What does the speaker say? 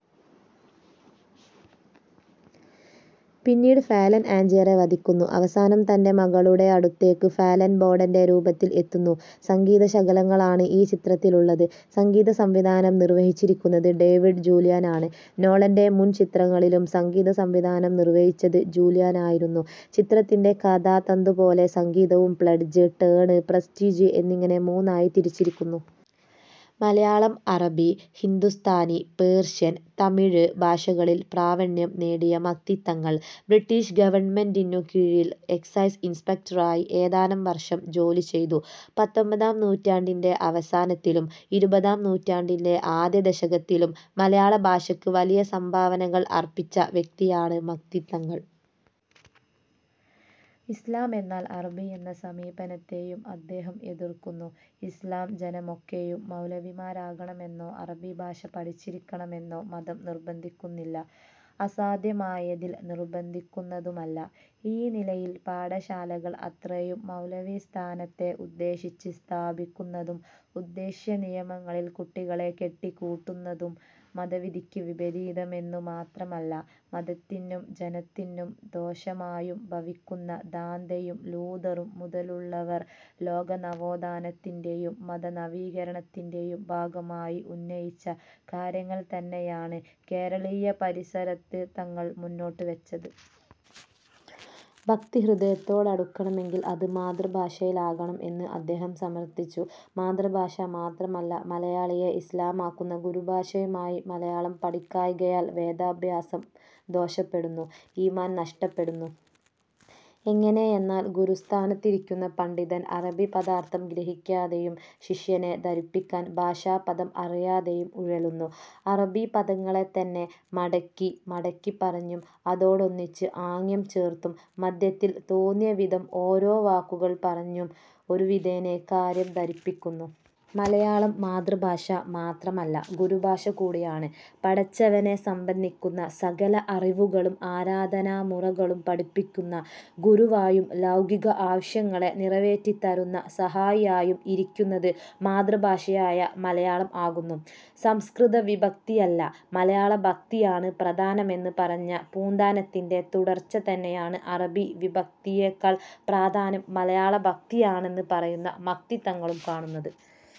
പിന്നീട് ഫാലൻ ആഞ്ജിയറെ വധിക്കുന്നു. അവസാനം തന്റെ മകളുടെ അടുത്തേക്ക് ഫാലൻ ബോഡന്റെ രൂപത്തിൽ എത്തുന്നു. സംഗീത ശകലങ്ങളാണ് ഈ ചിത്രത്തിലുള്ളത്. സംഗീതസംവിധാനം നിർവഹിച്ചിരിക്കുന്നത് ഡേവിഡ് ജൂല്യാനാണ്. നോളന്റെ മുൻചിത്രങ്ങളിലും സംഗീതസംവിധാനം നിർവഹിച്ചത് ജുല്യാനായിരുന്നു. ചിത്രത്തിന്റെ കഥാതന്തു പോലെ സംഗീതവും പ്ലെഡ്ജ്, ടേൺ, പ്രസ്റ്റീജ് എന്നിങ്ങനെ മൂന്നായി തിരിച്ചിരിക്കുന്നു. മലയാളം, അറബി, ഹിന്ദുസ്ഥാനി, പേർഷ്യൻ, തമിഴ് ഭാഷകളിൽ പ്രാവീണ്യം നേടിയ മക്തി തങ്ങൾ ബ്രിട്ടീഷ് ഗവണ്മെൻറിനു കീഴിൽ എക്സൈസ് ഇൻസ്പെക്ടറായി ഏതാനും വർഷം ജോലി ചെയ്തു. പത്തൊമ്പതാം നൂറ്റാണ്ടിൻറെ അവസാനത്തിലും ഇരുപതാം നൂറ്റാണ്ടിൻറെ ആദ്യ ദശകത്തിലെ മലയാള ഭാഷക്ക് വലിയ സംഭാവനകൾ അർപ്പിച്ച വ്യക്തിയാണ് മക്തി തങ്ങൾ. ഇസ്ലാമെന്നാൽ അറബി എന്ന സമീപനത്തെയും അദ്ദേഹം എതിർക്കുന്നു. ഇസ്ലാം ജനമൊക്കെയും മൗലവിമാരാകണമെന്നോ അറബിഭാഷ പഠിച്ചിരിക്കണമെന്നോ മതം നിർബന്ധിക്കുന്നില്ല. അസാധ്യമായതിൽ നിർബന്ധിക്കുന്നതുമല്ല. ഈ നിലയിൽ പാഠശാലകൾ അത്രയും മൗലവിസ്ഥാനത്തെ ഉദ്ദേശിച്ച് സ്ഥാപിക്കുന്നതും ഉദ്ദേശ്യനിയമങ്ങളിൽ കുട്ടികളെ കെട്ടിക്കൂട്ടുന്നതും മതവിധിക്ക് വിപരീതമെന്നുമാത്രമല്ല മതത്തിനും ജനത്തിനും ദോഷമായും ഭവിക്കുന്നു. ദാന്തെയും ലൂഥറും മുതലുള്ളവർ ലോകനവോത്ഥാനത്തിന്റെയും മതനവീകരണത്തിന്റെയും ഭാഗമായി ഉന്നയിച്ച കാര്യങ്ങൾതന്നെയാണ് കേരളീയപരിസരത്ത് തങ്ങൾ മുന്നോട്ടുവെച്ചത്. ഭക്തി, ഹൃദയത്തോടടുക്കണമെങ്കിൽ അത് മാതൃഭാഷയിലാകണം എന്ന് അദ്ദേഹം സമർഥിച്ചു. മാതൃഭാഷ മാത്രമല്ല, മലയാളിയെ ഇസ്ലാമാക്കുന്ന ഗുരുഭാഷയുമായ മലയാളം പഠിക്കായ്കയാൽ വേദാഭ്യാസം ദോഷപ്പെടുന്നു. ഈമാൻ നഷ്ടപ്പെടുന്നു. എങ്ങനെയെന്നാൽ ഗുരുസ്ഥാനത്തിരിക്കുന്ന പണ്ഡിതൻ അറബി പദാർഥം ഗ്രഹിക്കാതെയും ശിഷ്യനെ ധരിപ്പിക്കാൻ ഭാഷാപദം അറിയാതെയും ഉഴലുന്നു. അറബിപദങ്ങളെ തന്നെ മടക്കി മടക്കി പറഞ്ഞും അതോടൊന്നിച്ച് ആംഗ്യംചേർത്തും മധ്യത്തിൽ തോന്നിയവിധം ഓരോ വാക്കുകൾ പറഞ്ഞും ഒരു വിധേന കാര്യം ധരിപ്പിക്കുന്നു. മലയാളം മാതൃഭാഷ മാത്രമല്ല, ഗുരുഭാഷ കൂടിയാണ്. പടച്ചവനെ സംബന്ധിക്കുന്ന സകല അറിവുകളും ആരാധനാമുറകളും പഠിപ്പിക്കുന്ന ഗുരുവായും ലൗകിക ആവശ്യങ്ങളെ നിറവേറ്റിത്തരുന്ന സഹായിയായും ഇരിക്കുന്നത് മാതൃഭാഷയായ മലയാളം ആകുന്നു. സംസ്കൃതവിഭക്തിയല്ല, മലയാളഭക്തിയാണ് പ്രധാനമെന്ന് പറഞ്ഞ പൂന്താനത്തിന്റെ തുടർച്ച തന്നെയാണ് അറബി വിഭക്തിയേക്കാൾ പ്രധാനം മലയാളഭക്തിയാണെന്ന് പറയുന്ന മക്തി തങ്ങളിലും കാണുന്നത്.